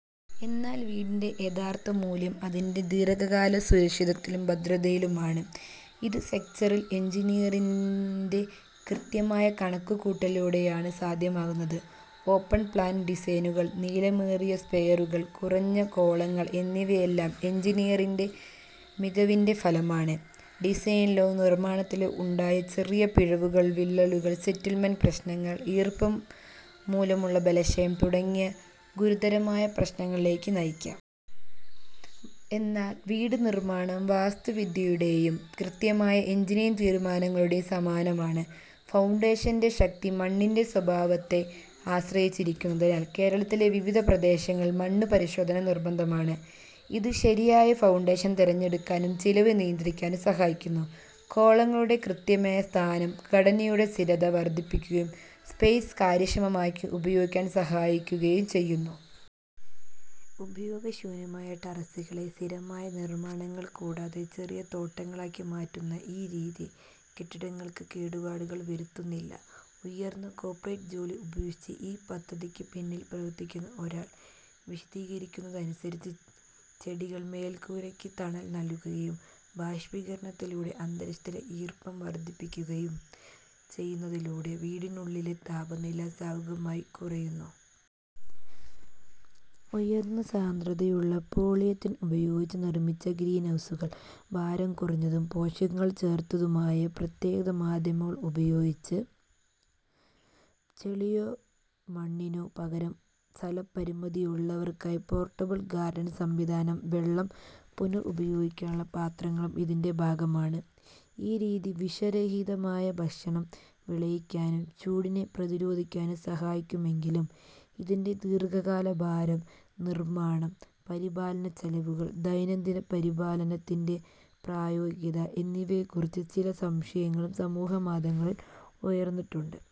എന്നാൽ വീടിന്റെ യഥാർത്ഥ മൂല്യം അതിന്റെ ദീർഘകാല സുരക്ഷി തത്തിലും ഭദ്രതയിലുമാണ്, ഇത് സ്ട്രക്ചറൽ എൻജിനീയറിന്റെ കൃത്യമായ കണക്കുകൂട്ടലുകളിലൂടെയാണ് സാധ്യമാകുന്നത്. ഓപ്പൺ-പ്ലാൻ ഡിസൈനുകൾ, നീളമേറിയ സ്പെയറുകൾ, കുറഞ്ഞ കോളങ്ങൾ എന്നിവയെല്ലാം എൻജിനീയറിന്റെ മികവിന്റെ ഫലമാണ്; ഡിസൈനിലോ നിർമ്മാണത്തിലോ ഉണ്ടായ ചെറിയ പിഴവുകൾ വിള്ളലുകൾ, സെറ്റിൽമെന്റ് പ്രശ്നങ്ങൾ, ഈർപ്പം മൂലമുള്ള ബലക്ഷയം തുടങ്ങിയ ഗുരുതരമായ പ്രശ്നങ്ങളിലേക്ക് നയിക്കാം. എന്നാൽ, വീട് നിർമ്മാണം വാസ്തുവിദ്യയുടെയും കൃത്യമായ എഞ്ചിനീയറിംഗ് തീരുമാനങ്ങളുടെയും സമന്വയമാണ്. ഫൗണ്ടേഷന്റെ ശക്തി മണ്ണിന്റെ സ്വഭാവത്തെ ആശ്രയിച്ചിരിക്കുന്നതിനാൽ, കേരളത്തിലെ വിവിധ പ്രദേശങ്ങളിൽ മണ്ണ് പരിശോധന നിർബന്ധമാണ്, ഇത് ശരിയായ ഫൗണ്ടേഷൻ തിരഞ്ഞെടുക്കാനും ചെലവ് നിയന്ത്രിക്കാനും സഹായിക്കുന്നു. കോളങ്ങളുടെ കൃത്യമായ സ്ഥാനം ഘടനയുടെ സ്ഥിരത വർദ്ധിപ്പിക്കുകയും സ്പേസ് കാര്യക്ഷമമായി ഉപയോഗിക്കാൻ സഹായിക്കുകയും ചെയ്യുന്നു. ഉപയോഗശൂന്യമായ ടെറസുകളെ സ്ഥിരമായ നിർമ്മാണങ്ങൾ കൂടാതെ ചെറിയ തോട്ടങ്ങളാക്കി മാറ്റുന്ന ഈ രീതി, കെട്ടിടങ്ങൾക്ക് കേടുപാടുകൾ വരുത്തുന്നില്ല. ഉയർന്ന കോർപ്പറേറ്റ് ജോലി ഉപേക്ഷിച്ച് ഈ പദ്ധതിക്ക് പിന്നിൽ പ്രവർത്തിക്കുന്ന ഒരാൾ വിശദീകരിക്കുന്നതനുസരിച്ച്, ചെടികൾ മേൽക്കൂരയ്ക്ക് തണൽ നൽകുകയും ബാഷ്പീകരണത്തിലൂടെ അന്തരീക്ഷത്തിൽ ഈർപ്പം വർദ്ധിപ്പിക്കുകയും ചെയ്യുന്നതിലൂടെ വീടിനുള്ളിലെ താപനില സ്വാഭാവികമായി കുറയ്ക്കുന്നു. ഉയർന്ന സാന്ദ്രതയുള്ള പോളിയെത്തിലീൻ ഉപയോഗിച്ച് നിർമ്മിച്ച ഗ്രീൻഹൗസുകൾ, ഭാരം കുറഞ്ഞതും പോഷകങ്ങൾ ചേർത്തതുമായ പ്രത്യേക മാധ്യമം ഉപയോഗിച്ച്, ചളിയോ മണ്ണിനോ പകരം. സ്ഥലപരിമിതിയുള്ളവർക്കായി പോർട്ടബിൾ ഗാർഡൻ സംവിധാനo വെള്ളം പുനരുപയോഗിക്കുന്ന പാത്രങ്ങളും ഇതിന്റെ ഭാഗമാണ്. ഈ രീതി വിഷരഹിതമായ ഭക്ഷണം വിളയിക്കാനും ചൂടിനെ പ്രതിരോധിക്കാനും സഹായിക്കുമെങ്കിലും, ഇതിന്റെ ദീർഘകാല ഭാരം, നിർമ്മാണo, പരിപാലന ചെലവുകൾ, ദൈനംദിന പരിപാലനത്തിന്റെ പ്രായോഗികത എന്നിവയെക്കുറിച്ച് ചില സംശയങ്ങളും സമൂഹമാധ്യമങ്ങളിൽ ഉയർന്നിട്ടുണ്ട്.